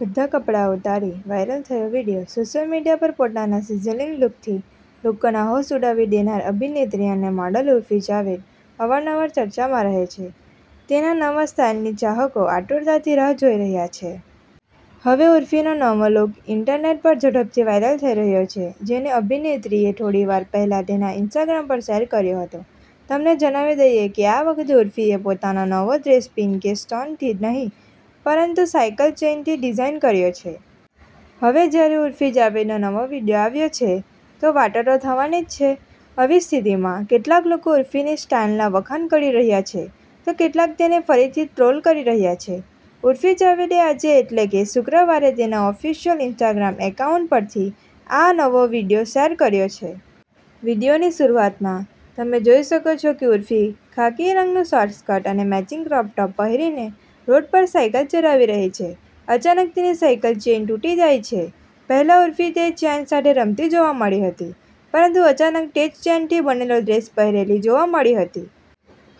બધા કપડા ઉતારી વાયરલ થયો વિડીયો સોશિયલ મીડિયા પર પોતાના સિઝલિંગ લુકથી લોકોના હોશ ઉડાવી દેનાર અભિનેત્રી અને મોડલ ઉર્ફી જાવેદ અવારનવાર ચર્ચામાં રહે છે. તેના નવા સ્ટાઈલની ચાહકો આતુરતાથી રાહ જોઈ રહ્યા છે. હવે ઉર્ફીનો નવો લુક ઈન્ટરનેટ પર ઝડપથી વાયરલ થઈ રહ્યો છે, જેને અભિનેત્રીએ થોડીવાર પહેલા તેના ઈન્સ્ટાગ્રામ પર શેર કર્યો હતો. તમને જણાવી દઈએ કે આ વખતે ઉર્ફીએ પોતાનો નવો ડ્રેસ પીન કે સ્ટોનથી નહીં, પરંતુ સાઈકલ ચેઈનથી ડિઝાઈન કર્યો છે. હવે જ્યારે ઉર્ફી જાવેદનો નવો વિડિયો આવ્યો છે, તો વાતો તો થવાની જ છે. આવી સ્થિતિમાં, કેટલાક લોકો ઉર્ફીની સ્ટાઈલના વખાણ કરી રહ્યા છે તો કેટલાક તેને ફરીથી ટ્રોલ કરી રહ્યા છે. ઉર્ફી જાવેદે આજે એટલે કે શુક્રવારે તેના ઓફિશિયલ ઈન્સ્ટાગ્રામ એકાઉન્ટ પરથી આ નવો વીડિયો શેર કર્યો છે. વીડિયોની શરૂઆતમાં, તમે જોઈ શકો છો કે ઉર્ફી ખાકી રંગનું શોર્ટ સ્કર્ટ અને મેચિંગ ક્રોપ ટોપ પહેરીને રોડ પર સાઈકલ ચલાવી રહી છે. અચાનક તેની સાયકલ ચેઈન તૂટી જાય છે. પહેલા ઉર્ફી તે ચેન સાથે રમતી જોવા મળી હતી, પરંતુ અચાનક તે જ ચેનથી બનેલો ડ્રેસ પહેરેલી જોવા મળી હતી.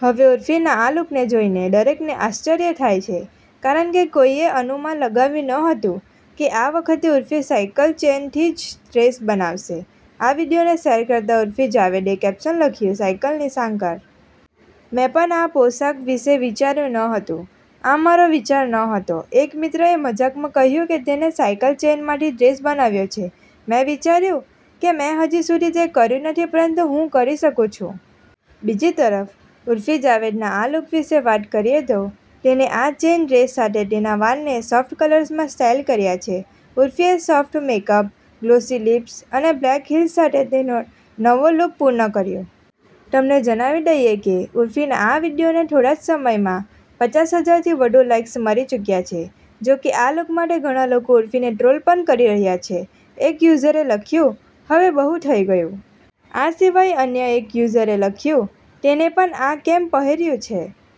હવે ઉર્ફીના આ લુકને જોઈને દરેકને આશ્ચર્ય થાય છે કારણ કે કોઈએ અનુમાન લગાવ્યું ન હતું કે આ વખતે ઉર્ફી સાઈકલ ચેઈનથી જ ડ્રેસ બનાવશે. આ વીડિયોને શેર કરતાં ઉર્ફી જાવેદે કેપ્શન લખ્યું- સાયકલની સાંકળ! મેં પણ આ પોશાક વિશે વિચાર્યું ન હતું. આ મારો વિચાર નહોતો. એક મિત્રએ મજાકમાં કહ્યું કે તેણે સાઈકલ ચેઈનમાંથી ડ્રેસ બનાવ્યો છે. મેં વિચાર્યું કે મેં હજી સુધી તે કર્યું નથી પરંતુ હું કરી શકું છું. બીજી તરફ, ઉર્ફી જાવેદના આ લુક વિશે વાત કરીએ તો, તેણે આ ચેઈન ડ્રેસ સાથે તેના વાળને સોફ્ટ કર્લ્સમાં સ્ટાઈલ કર્યા છે. ઉર્ફીએ સોફ્ટ મેકઅપ, ગ્લોસી લિપ્સ અને બ્લેક હીલ્સ સાથે તેનો નવો લુક પૂર્ણ કર્યો. તમને જણાવી દઈએ કે ઉર્ફીના આ વીડિયોને થોડા જ સમયમાં પચાસ હજારથી વધુ લાઈક્સ મળી ચૂક્યા છે. જો કે આ લુક માટે ઘણા લોકો ઉર્ફીને ટ્રોલ પણ કરી રહ્યા છે. એક યુઝરે લખ્યું, 'હવે બહુ થઈ ગયું'. આ સિવાય અન્ય એક યુઝરે લખ્યું, 'તેણે પણ આ કેમ પહેર્યું છે'.